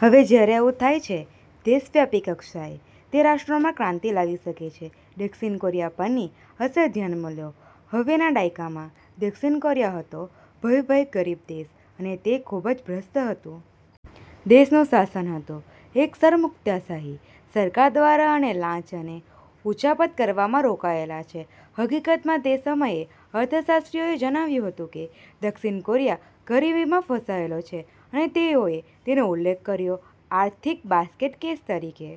હવે જ્યારે આવું થાય છે દેશવ્યાપી કક્ષાએ, તે રાષ્ટ્રોમાં ક્રાંતિ લાવી શકે છે. દક્ષિન કોરિયા પરની અસર ધ્યાનમાં લો. હવે ના દાયકામાં, દક્ષિન કોરિયા હતો ભયવહ ગરીબ દેશ અને તે ખૂબ જ ભ્રષ્ટ હતું. દેશનું શાસન હતું એક સરમુખત્યારશાહી સરકાર દ્વારા અને લાંચ અને ઉચાપત કરવામાં રોકાયેલા છે. હકીકતમાં તે સમયે અર્થશાસ્ત્રીઓએ જણાવ્યું હતું કે દક્ષિન કોરિયા ગરીબીમાં ફસાયેલો છે અને તેઓએ તેનો ઉલ્લેખ કર્યો "આર્થિક બાસ્કેટ કેસ" તરીકે.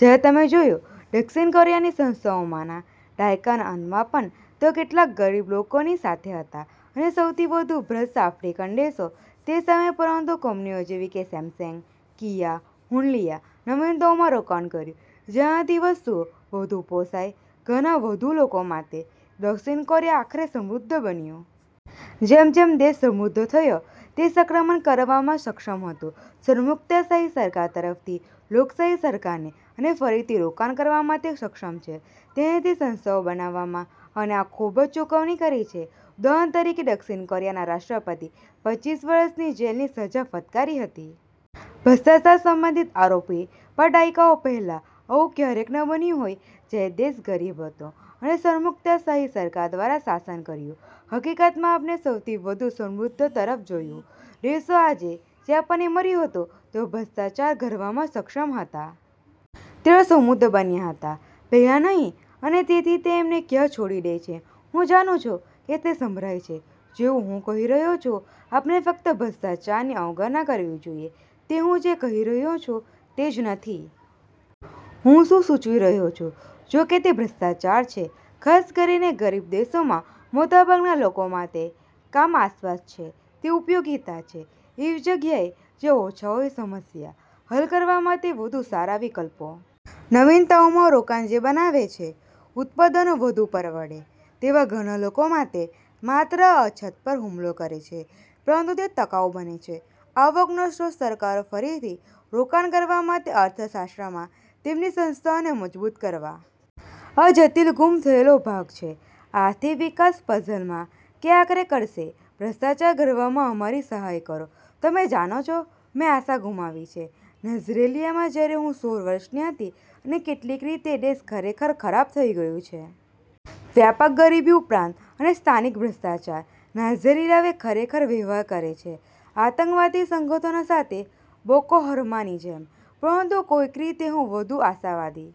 જ્યારે તમે જોયું દક્ષિન કોરિયાની સંસ્થાઓમાં ના દાયકાના અંતમાં પણ તેઓ કેટલાક ગરીબ લોકોની સાથે હતા અને સૌથી વધુ ભ્રષ્ટ આફ્રિકન દેશો તે સમયે. પરંતુ કંપનીઓ જેવી કે સેમસેંગ, કિયા, હ્યુન્ડલીયા નવીનતાઓમાં રોકાણ કર્યું, જેનાથી વસ્તુઓ વધુ પોસાય ઘણા વધુ લોકો માટે, દક્ષિન કોરિયા આખરે સમૃદ્ધ બન્યું. જેમ જેમ દેશ સમૃદ્ધ થયો, તે સંક્રમણ કરવામાં સક્ષમ હતું સરમુખત્યારશાહી સરકાર તરફથી લોકશાહી સરકારને અને ફરીથી રોકાણ કરવા માટે સક્ષમ છે તેનાથી સંસ્થાઓ બનાવવામાં અને આ ખૂબ જ ચૂકવણી કરી છે. ઉદાહરણ તરીકે દક્ષિણ કોરિયાના રાષ્ટ્રપતિ પચીસ વર્ષની જેલની સજા ફટકારી હતી. ભ્રષ્ટાચાર સંબંધિત આરોપી પર દાયકાઓ પહેલાં આવું ક્યારેક ન બન્યું હોય જ્યારે દેશ ગરીબ હતો અને સરમુખત્યારશાહી સરકાર દ્વારા શાસન કર્યું. હકીકતમાં, આપણે સૌથી વધુ સમૃદ્ધ તરફ જોયું દેશો આજે, જે આપણને મળ્યું હતું, તેઓ ભ્રષ્ટાચાર ઘરવામાં સક્ષમ હતા. તેઓ સમુદ્ધ બન્યા હતા પહેલાં નહીં અને તેથી તે અમને ક્યાં છોડી દેય છે હું જાણું છું કે તે સંભરાય છે જેવું હું કહી રહ્યો છું .આપણે ફક્ત ભ્રષ્ટાચારની અવગણના કરવી જોઈએ. તે હું જે કહી રહ્યો છું તે જ નથી. હું શું સૂચવી રહ્યો છું, જોકે, તે ભ્રષ્ટાચાર છે, ખાસ કરીને ગરીબ દેશોમાં મોટાભાગના લોકો માટે, કામ આસપાસ છે. તે ઉપયોગિતા છે એવી જગ્યાએ જ્યાં ઓછા હોય સમસ્યા હલ કરવા માટે વધુ સારા વિકલ્પો. નવીનતાઓમાં રોકાન જે બનાવે છે ઉત્પાદનો વધુ પરવડે તેવા ઘણા લોકો માટે માત્ર આ અછત પર હુમલો કરે છે પરંતુ તે તકાઉ બને છે. આવકનો સ્ત્રોત સરકારો ફરીથી રોકાણ કરવા માટે અર્થશાસ્ત્ર માં તેમની સંસ્થાઓને મજબૂત કરવા. આ જતિલ ગુમ થયેલો ભાગ છે આર્થિક વિકાસ પઝલ માં કે આખરે કરશે ભ્રષ્ટાચાર ઘરવામાં અમારી સહાય કરો. તમે જાણો છો, મેં આશા ગુમાવી છે નાઇજીરીયામાં જ્યારે હું સોળ વર્ષની હતી. અને કેટલીક રીતે, દેશ ખરેખર ખરાબ થઈ ગયું છે. વ્યાપક ગરીબી ઉપરાંત અને સ્થાનિક ભ્રષ્ટાચાર, નાઇજીરીયા હવે ખરેખર વ્યવહાર કરે છે આતંકવાદી સંગથનો સાથે બોકો હરમાની જેમ. પરંતુ કોઈક રીતે, હું વધુ આશાવાદી